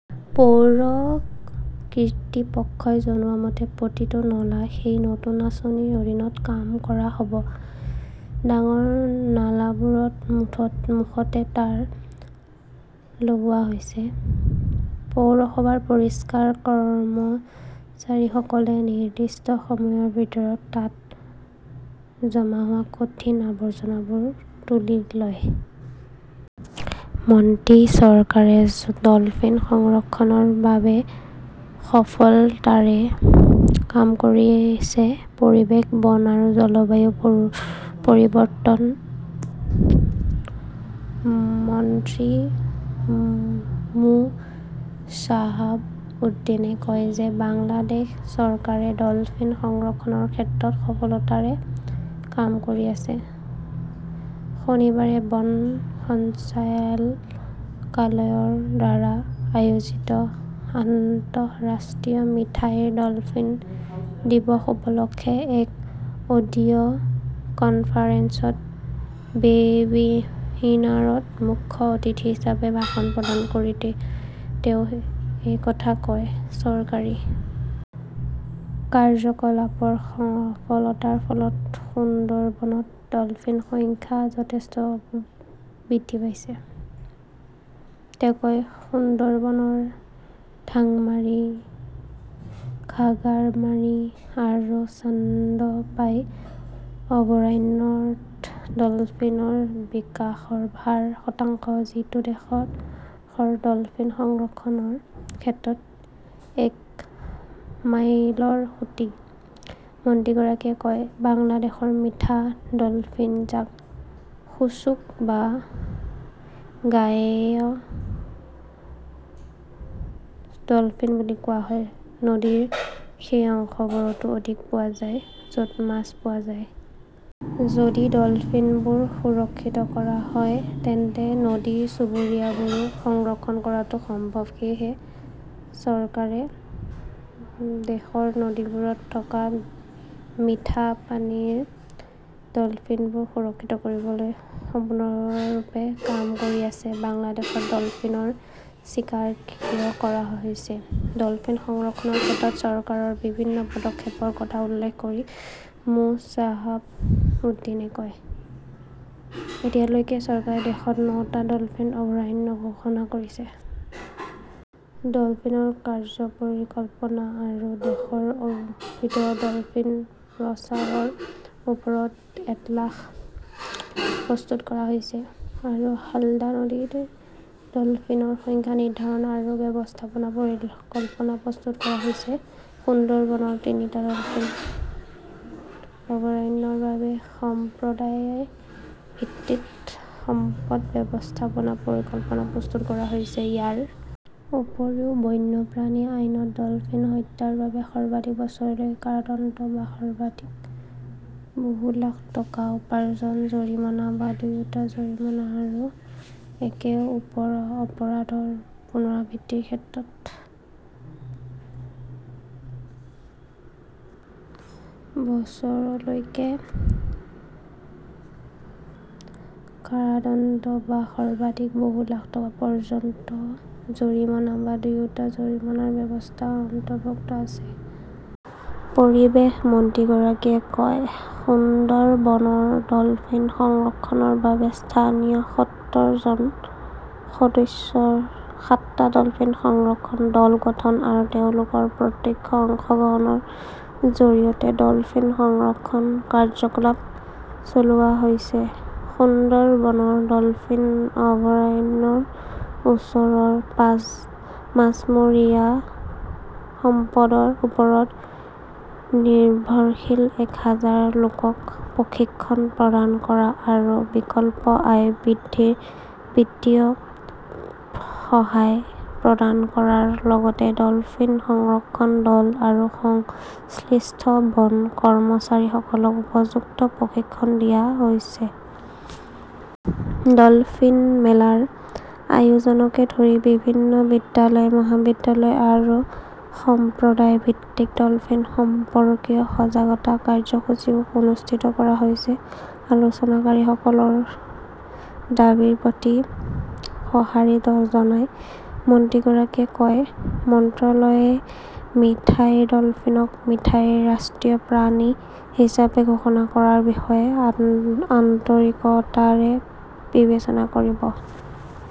পৌৰ কৰ্তৃপক্ষই জনোৱা মতে, প্ৰতিটো নলা সেই নতুন আঁচনিৰ অধীনত কাম কৰা হ 'ব। ডাঙৰ নালাবোৰৰ মুখতে তাঁৰ লগোৱা হৈছে। পৌৰসভাৰ পৰিষ্কাৰ কৰ্মচাৰীসকলে নিৰ্দিষ্ট সময়ৰ ভিতৰত তাত জমা হোৱা কঠিন আৱৰ্জনাবোৰ তুলি লয়। মন্ত্ৰী চৰকাৰে ডলফিন সংৰক্ষণৰ বাবে সফলতাৰে কাম কৰিছে পৰিৱেশ, বন আৰু জলবায়ু পৰিৱৰ্তন মন্ত্ৰী মো শ্বাহাব উদ্দিনে কয় যে বাংলাদেশ চৰকাৰে ডলফিন সংৰক্ষণৰ ক্ষেত্ৰত সফলতাৰে কাম কৰি আছে। শনিবাৰে বন সঞ্চালকালয়ৰ দ্বাৰা আয়োজিত আন্তঃৰাষ্ট্ৰীয় মিঠাইৰ ডলফিন দিৱস- উপলক্ষে এক ভিডিঅ কনফাৰেন্সত ৱেবিনাৰত মুখ্য অতিথি হিচাপে ভাষণ প্ৰদান কৰি তেওঁ এই কথা কয়। চৰকাৰী কাৰ্যকলাপৰ সফলতাৰ ফলত সুন্দৰবনত ডলফিনৰ সংখ্যা যথেষ্ট বৃদ্ধি পাইছে, তেওঁ কয়। সুন্দৰবনৰ ঢাংমাৰী, ঘাগাৰমাৰী আৰু চান্দপাই অভয়াৰণ্যত ডলফিনৰ বিকাশৰ হাৰ শতাংশ যিটো দেশৰ ডলফিন সংৰক্ষণৰ ক্ষেত্ৰত এক মাইলৰ খুঁটি। মন্ত্ৰীগৰাকীয়ে কয়, বাংলাদেশৰ মিঠা ডলফিন, যাক শুছুক বা গাঙ্গেয় ডলফিন বুলি কোৱা হয়, নদীৰ সেই অংশবোৰতো অধিক পোৱা যায় য 'ত মাছ পোৱা যায়। যদি ডলফিনবোৰ সুৰক্ষিত কৰা হয় তেন্তে নদীৰ চুবুৰীয়াবোৰো সংৰক্ষণ কৰাটো সম্ভৱ। সেয়েহে চৰকাৰে দেশৰ নদীবোৰত থকা মিঠা পানীৰ ডলফিনবোৰ সুৰক্ষিত কৰিবলৈ সম্পূৰ্ণৰূপে কাম কৰি আছে। বাংলাদেশত ডলফিনৰ চিকাৰ কিয় কৰা হৈছে? ডলফিন সংৰক্ষণৰ ক্ষেত্ৰত চৰকাৰৰ বিভিন্ন পদক্ষেপৰ কথা উল্লেখ কৰি মো শ্বাহাব উদ্দীনে কয়, এতিয়ালৈকে চৰকাৰে দেশত ন'টা ডলফিন অভয়াৰণ্য ঘোষণা কৰিছে। ডলফিনৰ কাৰ্য্য পৰিকল্পনা আৰু দেশৰ ভিতৰত ডলফিনৰ প্ৰসাৰৰ ওপৰত এটলাস প্ৰস্তুত কৰা হৈছে আৰু হালদা নদীত ডলফিনৰ সংখ্যা নিৰ্ধাৰণ আৰু ব্যৱস্থাপনা পৰিকল্পনা প্ৰস্তুত কৰা হৈছে। সুন্দৰবনৰ তিনিটা ডলফিন অভয়াৰণ্যৰ বাবে সম্প্ৰদায় ভিত্তিক সম্পদ ব্যৱস্থাপনা পৰিকল্পনা প্ৰস্তুত কৰা হৈছে। ইয়াৰ উপৰিও বন্যপ্ৰাণী আইনত ডলফিন হত্যাৰ বাবে সৰ্বাধিক বছৰলৈকে কাৰাদণ্ড বা সৰ্বাধিক বহু লাখ টকা পৰ্যন্ত জৰিমনা বা দুয়োটা জৰিমনা আৰু একে অপৰাধৰ পুনৰাবৃত্তিৰ ক্ষেত্ৰত বছৰলৈকে কাৰাদণ্ড বা সৰ্বাধিক বহু লাখ টকা পৰ্যন্ত জৰিমনা বা দুয়োটা জৰিমনাৰ ব্যৱস্থা অন্তৰ্ভুক্ত আছে। পৰিৱেশ মন্ত্ৰীগৰাকীয়ে কয়, সুন্দৰবনৰ ডলফিন সংৰক্ষণৰ বাবে স্থানীয় সত্তৰজন সদস্যৰ সাতটা ডলফিন সংৰক্ষণ দল গঠন আৰু তেওঁলোকৰ প্ৰত্যক্ষ অংশগ্ৰহণৰ জৰিয়তে ডলফিন সংৰক্ষণ কাৰ্যকলাপ চলোৱা হৈছে। সুন্দৰবনৰ ডলফিন অভয়াৰণ্যৰ ওচৰৰ মাছমৰীয়া সম্পদৰ ওপৰত নিৰ্ভৰশীল এক হাজাৰ লোকক প্ৰশিক্ষণ প্ৰদান কৰা আৰু বিকল্প আয় বৃদ্ধিৰ বিত্তীয় সহায় প্ৰদান কৰাৰ লগতে ডলফিন সংৰক্ষণ দল আৰু সংশ্লিষ্ট বন কৰ্মচাৰীসকলক উপযুক্ত প্ৰশিক্ষণ দিয়া হৈছে। ডলফিন মেলাৰ আয়োজনকে ধৰি বিভিন্ন বিদ্যালয়-মহাবিদ্যালয় আৰু সম্প্ৰদায় ভিত্তিক ডলফিন সম্পৰ্কীয় সজাগতা কাৰ্যসূচীও অনুষ্ঠিত কৰা হৈছে। আলোচনাকাৰীসকলৰ দাবীৰ প্ৰতি সঁহাৰি জনাই মন্ত্ৰীগৰাকীয়ে কয়, মন্ত্ৰালয়ে মিঠাইৰ ডলফিনক মিঠাইৰ ৰাষ্ট্ৰীয় প্ৰাণী হিচাপে ঘোষণা কৰাৰ বিষয়ে আন্তৰিকতাৰে বিবেচনা কৰিব।